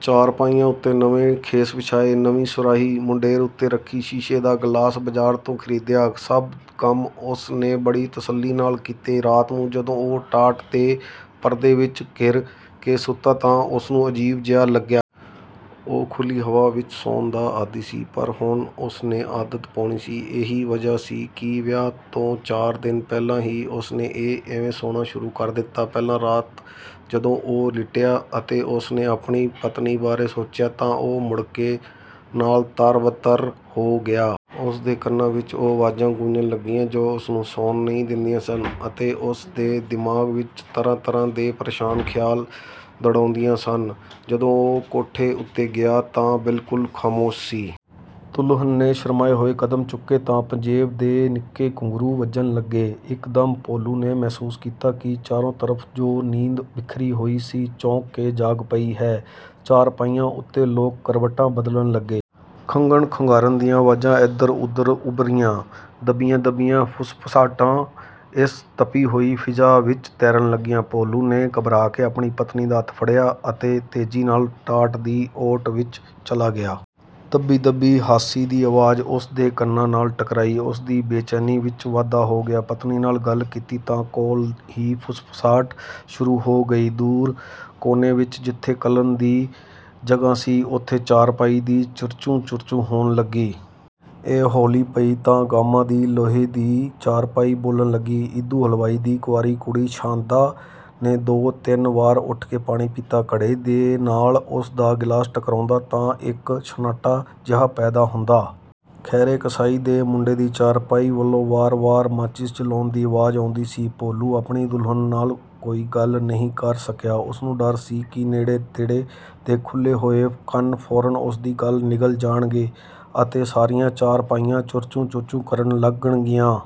ਚਾਰਪਾਈਆਂ ਉੱਤੇ ਨਵੇਂ ਖੇਸ ਵਿਛਾਏ। ਨਵੀਂ ਸੁਰਾਹੀ ਮੁੰਡੇਰ ਉੱਤੇ ਰੱਖੀ। ਸ਼ੀਸ਼ੇ ਦਾ ਗਲਾਸ ਬਜ਼ਾਰ ਤੋਂ ਖ਼ਰੀਦਿਆ। ਸਭ ਕੰਮ ਉਸ ਨੇ ਬੜੀ ਤਸੱਲੀ ਨਾਲ ਕੀਤੇ। ਰਾਤ ਨੂੰ ਜਦੋਂ ਉਹ ਟਾਟ ਦੇ ਪਰਦੇ ਵਿੱਚ ਘਿਰ ਕੇ ਸੁੱਤਾ ਤਾਂ ਉਸ ਨੂੰ ਅਜੀਬ ਜਿਹਾ ਲੱਗਿਆ। ਉਹ ਖੁੱਲ੍ਹੀ ਹਵਾ ਵਿੱਚ ਸੌਣ ਦਾ ਆਦੀ ਸੀ ਪਰ ਹੁਣ ਉਸ ਨੇ ਆਦਤ ਪਾਉਣੀ ਸੀ। ਇਹੀ ਵਜ੍ਹਾ ਸੀ ਕਿ ਵਿਆਹ ਤੋਂ ਚਾਰ ਦਿਨ ਪਹਿਲਾਂ ਹੀ ਉਸ ਨੇ ਇਵੇਂ ਸੌਣਾ ਸ਼ੁਰੂ ਕਰ ਦਿੱਤਾ। ਪਹਿਲੀ ਰਾਤ ਜਦੋਂ ਉਹ ਲਿਟਿਆ ਅਤੇ ਉਸ ਨੇ ਆਪਣੀ ਪਤਨੀ ਬਾਰੇ ਸੋਚਿਆ ਤਾਂ ਉਹ ਮੁੜ੍ਹਕੇ ਨਾਲ ਤਰ-ਬ-ਤਰ ਹੋ ਗਿਆ। ਉਸ ਦੇ ਕੰਨਾਂ ਵਿੱਚ ਉਹ ਆਵਾਜ਼ਾਂ ਗੂੰਜਣ ਲੱਗੀਆਂ ਜੋ ਉਸਨੂੰ ਸੌਣ ਨਹੀਂ ਦਿੰਦੀਆਂ ਸਨ ਅਤੇ ਉਸ ਦੇ ਦਿਮਾਗ਼ ਵਿੱਚ ਤਰ੍ਹਾਂ ਤਰ੍ਹਾਂ ਦੇ ਪਰੇਸ਼ਾਨ ਖ਼ਿਆਲ ਦੌੜਾਉਂਦੀਆਂ ਸਨ। ਜਦੋਂ ਉਹ ਕੋਠੇ ਉੱਤੇ ਗਿਆ ਤਾਂ ਬਿਲਕੁਲ ਖ਼ਾਮੋਸ਼ ਸੀ। ਦੁਲਹਨ ਨੇ ਸ਼ਰਮਾਏ ਹੋਏ ਕਦਮ ਚੁੱਕੇ ਤਾਂ ਪੰਜ਼ੇਬ ਦੇ ਨਿੱਕੇ ਘੁੰਗਰੂ ਵੱਜਣ ਲੱਗੇ। ਇੱਕ ਦਮ ਭੋਲੂ ਨੇ ਮਹਿਸੂਸ ਕੀਤਾ ਕਿ ਚਾਰੋਂ ਤਰਫ਼ ਜੋ ਨੀਂਦ ਬਿਖਰੀ ਹੋਈ ਸੀ ਚੌਂਕ ਕੇ ਜਾਗ ਪਈ ਹੈ। ਚਾਰਪਾਈਆਂ ਉੱਤੇ ਲੋਕ ਕਰਵਟਾਂ ਬਦਲਣ ਲੱਗੇ। ਖੰਘਣ ਖੰਘਾਰਨ ਦੀਆਂ ਆਵਾਜ਼ਾਂ ਏਧਰ ਉੱਧਰ ਉਭਰੀਆਂ। ਦੱਬੀਆਂ ਦੱਬੀਆਂ ਫੁਸਫੁਸਾਹਟਾਂ ਇਸ ਤਪੀ ਹੋਈ ਫ਼ਿਜ਼ਾ ਵਿੱਚ ਤੈਰਨ ਲੱਗੀਆਂ। ਭੋਲੂ ਨੇ ਘਬਰਾ ਕੇ ਆਪਣੀ ਪਤਨੀ ਦਾ ਹੱਥ ਫੜਿਆ ਅਤੇ ਤੇਜ਼ੀ ਨਾਲ ਟਾਟ ਦੀ ਓਟ ਵਿੱਚ ਚਲਾ ਗਿਆ। ਦੱਬੀ ਦੱਬੀ ਹਾਸੀ ਦੀ ਆਵਾਜ਼ ਉਸ ਦੇ ਕੰਨਾਂ ਨਾਲ ਟਕਰਾਈ। ਉਸ ਦੀ ਬੇਚੈਨੀ ਵਿੱਚ ਵਾਧਾ ਹੋ ਗਿਆ। ਪਤਨੀ ਨਾਲ ਗੱਲ ਕੀਤੀ ਤਾਂ ਕੋਲ ਹੀ ਫੁਸਫੁਸਾਹਟ ਸ਼ੁਰੂ ਹੋ ਗਈ। ਦੂਰ ਕੋਨੇ ਵਿੱਚ ਜਿੱਥੇ ਕੱਲਨ ਦੀ ਜਗ੍ਹਾ ਸੀ ਉੱਥੇ ਚਾਰਪਾਈ ਦੀ ਚਰਚੂੰ ਚਰਚੂੰ ਹੋਣ ਲੱਗੀ। ਇਹ ਹੌਲੀ ਪਈ ਤਾਂ ਗਾਮਾ ਦੀ ਲੋਹੇ ਦੀ ਚਾਰਪਾਈ ਬੋਲਣ ਲੱਗੀ। ਈਦੂ ਹਲਵਾਈ ਦੀ ਕੁਆਰੀ ਕੁੜੀ ਸ਼ਾਦਾਂ ਨੇ ਦੋ ਤਿੰਨ ਵਾਰ ਉੱਠ ਕੇ ਪਾਣੀ ਪੀਤਾ। ਘੜੇ ਦੇ ਨਾਲ ਉਸ ਦਾ ਗਲਾਸ ਟਕਰਾਉਂਦਾ ਤਾਂ ਇੱਕ ਛੰਨਾਟਾ ਜਿਹਾ ਪੈਦਾ ਹੁੰਦਾ। ਖੈਰੇ ਕਸਾਈ ਦੇ ਮੁੰਡੇ ਦੀ ਚਾਰਪਾਈ ਵੱਲੋਂ ਵਾਰ ਵਾਰ ਮਾਚਿਸ ਜਲਾਉਣ ਦੀ ਆਵਾਜ਼ ਆਉਂਦੀ ਸੀ। ਭੋਲੂ ਆਪਣੀ ਦੁਲਹਨ ਨਾਲ ਕੋਈ ਗੱਲ ਨਹੀਂ ਕਰ ਸਕਿਆ। ਉਸਨੂੰ ਡਰ ਸੀ ਕਿ ਨੇੜੇ ਤੇੜੇ ਦੇ ਖੁੱਲ੍ਹੇ ਹੋਏ ਕੰਨ ਫ਼ੌਰਨ ਉਸ ਦੀ ਗੱਲ ਨਿਗਲ ਜਾਣਗੇ ਅਤੇ ਸਾਰੀਆਂ ਚਾਰਪਾਈਆਂ ਚਰਚੂੰ ਚਰਚੂੰ ਕਰਨ ਲੱਗਣਗੀਆਂ।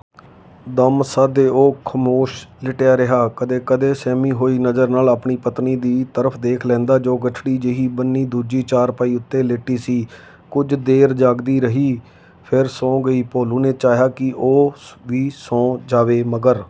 ਦਮ ਸਾਧੇ ਉਹ ਖ਼ਾਮੋਸ਼ ਲਿਟਿਆ ਰਿਹਾ। ਕਦੇ ਕਦੇ ਸਹਿਮੀ ਹੋਈ ਨਜ਼ਰ ਨਾਲ ਆਪਣੀ ਪਤਨੀ ਦੀ ਤਰਫ਼ ਦੇਖ ਲੈਂਦਾ ਜੋ ਗਠੜੀ ਜਿਹੀ ਬਣੀ ਦੂਜੀ ਚਾਰਪਾਈ ਉੱਤੇ ਲੇਟੀ ਸੀ। ਕੁੱਝ ਦੇਰ ਜਾਗਦੀ ਰਹੀ, ਫਿਰ ਸੌਂ ਗਈ। ਭੋਲੂ ਨੇ ਚਾਹਿਆ ਕਿ ਉਹ ਵੀ ਸੌਂ ਜਾਵੇ ਮਗਰ